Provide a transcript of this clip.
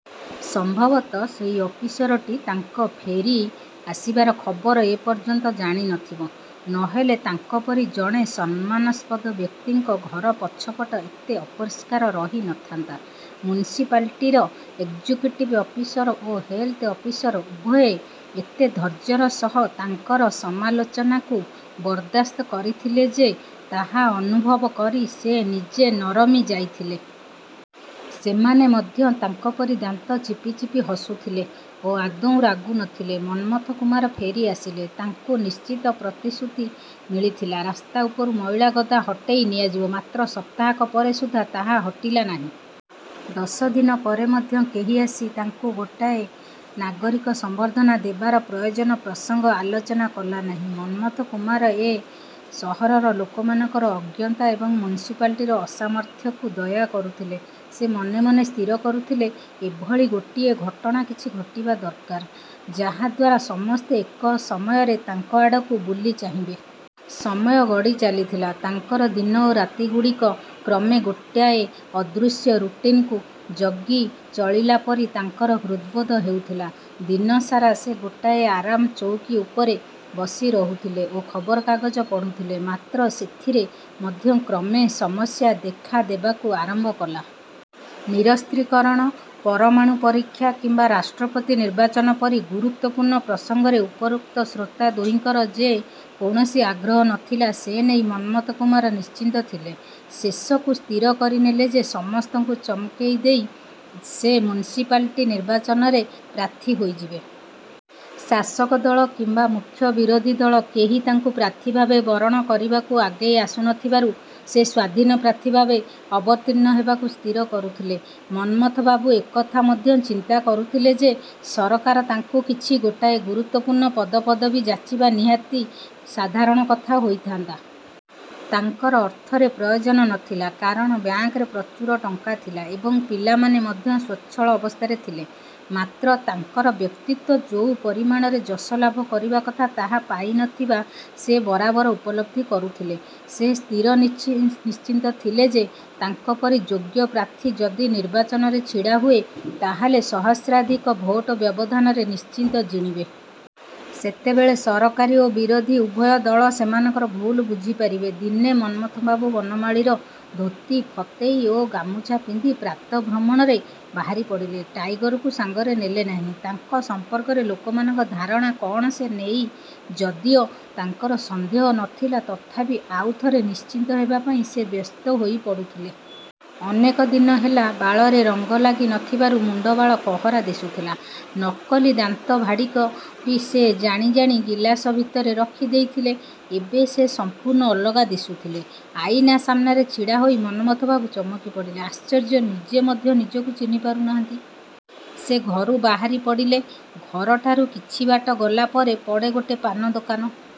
ସମ୍ଭବତଃ ସେଇ ଅଫିସରଟି ତାଙ୍କ ଫେରି ଆସିବାର ଖବର ଏ ପର୍ଯ୍ୟନ୍ତ ଜାଣି ନଥିବ। ନହେଲେ ତାଙ୍କ ପରି ଜଣେ ସମ୍ମାନାସ୍ପଦ ବ୍ୟକ୍ତିଙ୍କ ଘର ପଛପଟ ଏତେ ଅପରିଷ୍କାର ରହି ନଥାନ୍ତା! ମ୍ୟୁନିସିପାଲିଟିର ଏକ୍‌ଜିକ୍ୟୁଟିଭ ଅଫିସର ଓ ହେଲ୍‌ଥ ଅଫିସର ଉଭୟେ ଏତେ ଧୈର୍ଯ୍ୟର ସହ ତାଙ୍କର ସମାଲୋଚନାକୁ ବରଦାସ୍ତ କରିଥିଲେ ଯେ ତାହା ଅନୁଭବ କରି ସେ ନିଜେ ନରମି ଯାଇଥିଲେ। ସେମାନେ ମଧ୍ୟ ତାଙ୍କ ପରି ଦାନ୍ତ ଚିପି ଚିପି ହସୁଥିଲେ ଓ ଆଦୌ ରାଗୁ ନଥିଲେ। ମନ୍ମଥ କୁମାର ଫେରି ଆସିଲେ। ତାଙ୍କୁ ନିଶ୍ଚିତ ପ୍ରତିଶ୍ରୁତି ମିଳିଥିଲା, ରାସ୍ତା ଉପରୁ ମଇଳା ଗଦା ହଟେଇ ନିଆଯିବ। ମାତ୍ର ସପ୍ତାହକ ପରେ ସୁଦ୍ଧା ତାହା ହଟିଲା ନାହିଁ। ଦଶ ଦିନ ପରେ ମଧ୍ୟ କେହି ଆସି ତାଙ୍କୁ ଗୋଟାଏ ନାଗରିକ ସମ୍ବର୍ଦ୍ଧନା ଦେବାର ପ୍ରୟୋଜନ ପ୍ରସଙ୍ଗ ଆଲୋଚନା କଲା ନାହିଁ। ମନ୍ମଥ କୁମାର ଏ ସହରର ଲୋକମାନଙ୍କର ଅଜ୍ଞତା ଏବଂ ମ୍ୟୁନିସିପାଲିଟିର ଅସାମର୍ଥ୍ୟକୁ ଦୟା କରୁଥିଲେ। ସେ ମନେ ମନେ ସ୍ଥିର କରୁଥିଲେ, ଏଭଳି ଗୋଟିଏ ଘଟଣା କିଛି ଘଟିବା ଦରକାର, ଯାହାଦ୍ୱାରା ସମସ୍ତେ ଏକ ସମୟରେ ତାଙ୍କ ଆଡ଼କୁ ବୁଲି ଚାହିଁବେ। ସମୟ ଗଡ଼ି ଚାଲିଥିଲା। ତାଙ୍କର ଦିନ ଏବଂ ରାତିଗୁଡ଼ିକ କ୍ରମେ ଗୋଟାଏ ଅଦୃଶ୍ୟ ରୁଟିନ୍‌କୁ ଜଗି ଚଳିଲା ପରି ତାଙ୍କର ହୃଦବୋଧ ହେଉଥିଲା। ଦିନସାରା ସେ ଗୋଟାଏ ଆରାମ ଚଉକୀ ଉପରେ ବସି ରହୁଥିଲେ ଓ ଖବରକାଗଜ ପଢ଼ୁଥିଲେ। ମାତ୍ର ସେଥିରେ ମଧ୍ୟ କ୍ରମେ ସମସ୍ୟା ଦେଖାଦେବାକୁ ଆରମ୍ଭ କଲା। ନିରସ୍ତ୍ରୀକରଣ, ପରମାଣୁ ପରୀକ୍ଷା କିମ୍ବା ରାଷ୍ଟ୍ରପତି ନିର୍ବାଚନ ପରି ଗୁରୁତ୍ୱପୂର୍ଣ୍ଣ ପ୍ରସଙ୍ଗରେ ଉପରୋକ୍ତ ଶ୍ରୋତା ଦୁହିଁଙ୍କର ଯେ କୌଣସି ଆଗ୍ରହ ନଥିଲା ସେ ନେଇ ମନ୍ମଥ କୁମାର ନିଶ୍ଚିତ ଥିଲେ। ଶେଷକୁ ସ୍ଥିର କରିନେଲେ ଯେ ସମସ୍ତଙ୍କୁ ଚମକେଇ ଦେଇ ସେ ମ୍ୟୁନିସିପାଲିଟି ନିର୍ବାଚନରେ ପ୍ରାର୍ଥୀ ହୋଇଯିବେ। ଶାସକ ଦଳ କିମ୍ବା ମୁଖ୍ୟ ବିରୋଧୀ ଦଳ କେହି ତାଙ୍କୁ ପ୍ରାର୍ଥୀ ଭାବେ ବରଣ କରିବାକୁ ଆଗେଇ ଆସୁ ନଥିବାରୁ ସେ ସ୍ୱାଧୀନ ପ୍ରାର୍ଥୀ ଭାବେ ଅବତୀର୍ଣ୍ଣ ହେବାକୁ ସ୍ଥିର କରୁଥିଲେ। ମନ୍ମଥ ବାବୁ ଏକଥା ମଧ୍ୟ ଚିନ୍ତା କରୁଥିଲେ ଯେ, ସରକାର ତାଙ୍କୁ କିଛି ଗୋଟାଏ ଗୁରୁତ୍ୱପୂର୍ଣ୍ଣ ପଦପଦବି ଯାଚିବା ନିହାତି ସାଧାରଣ କଥା ହୋଇଥାନ୍ତା। ତାଙ୍କର ଅର୍ଥରେ ପ୍ରୟୋଜନ ନଥିଲା, କାରଣ ବ୍ୟାଙ୍କରେ ପ୍ରଚୁର ଟଙ୍କା ଥିଲା ଏବଂ ପିଲାମାନେ ମଧ୍ୟ ସ୍ୱଚ୍ଛଳ ଅବସ୍ଥାରେ ଥିଲେ। ମାତ୍ର, ତାଙ୍କର ବ୍ୟକ୍ତିତ୍ୱ ଯୋଉ ପରିମାଣରେ ଯଶ ଲାଭ କରିବା କଥା ତାହା ପାଇନଥିବା ସେ ବରାବର ଉପଲବ୍ଧି କରୁଥିଲେ। ସେ ସ୍ଥିରନିଶ୍ଚିତ ଥିଲେ ଯେ ତାଙ୍କ ପରି ଯୋଗ୍ୟ ପ୍ରାର୍ଥୀ ଯଦି ନିର୍ବାଚନରେ ଛିଡ଼ା ହୁଏ, ତାହାହେଲେ ସହସ୍ରାଧିକ ଭୋଟ ବ୍ୟବଧାନରେ ନିଶ୍ଚିତ ଜିଣିବେ। ସେତେବେଳେ ସରକାରୀ ଏବଂ ବିରୋଧୀ ଉଭୟ ଦଳ ସେମାନଙ୍କର ଭୁଲ ବୁଝି ପାରିବେ। ଦିନେ ମନ୍ମଥବାବୁ ବନମାଳୀର ଧୋତି, ଫତେଇ ଓ ଗାମୁଛା ପିନ୍ଧି ପ୍ରାତଃଭ୍ରମଣରେ ବାହାରିପଡ଼ିଲେ। ଟାଇଗରକୁ ସାଙ୍ଗରେ ନେଲେ ନାହିଁ। ତାଙ୍କ ସଂପର୍କରେ ଲୋକମାନଙ୍କ ଧାରଣା କଣ ସେ ନେଇ ଯଦିଓ ତାଙ୍କର ସନ୍ଦେହ ନ ଥିଲା ତଥାପି ଆଉଥରେ ନିଶ୍ଚିତ ହେବା ପାଇଁ ସେ ବ୍ୟସ୍ତ ହୋଇପଡ଼ୁଥିଲେ। ଅନେକ ଦିନ ହେଲା ବାଳରେ ରଙ୍ଗ ଲାଗି ନଥିବାରୁ ମୁଣ୍ଡବାଳ କହରା ଦିଶୁଥିଲା। ନକଲି ଦାନ୍ତ ଭାଡ଼ିକ ବି ସେ ଜାଣି ଜାଣି ଗିଲାସ ଭିତରେ ରଖି ଦେଇଥିଲେ। ଏବେ ସେ ସଂପୂର୍ଣ୍ଣ ଅଲଗା ଦିଶୁଥିଲେ। ଆଇନା ସାମ୍ନାରେ ଛିଡ଼ାହୋଇ ମନ୍ମଥବାବୁ ଚମକିପଡ଼ିଲେ। ଆଶ୍ଚର୍ଯ୍ୟ, ନିଜେ ମଧ୍ୟ ନିଜକୁ ଚିହ୍ନି ପାରୁନାହାନ୍ତି! ସେ ଘରୁ ବାହାରି ପଡ଼ିଲେ। ଘରଠାରୁ କିଛିବାଟ ଗଲା ପରେ ପଡ଼େ ଗୋଟେ ପାନ ଦୋକାନ।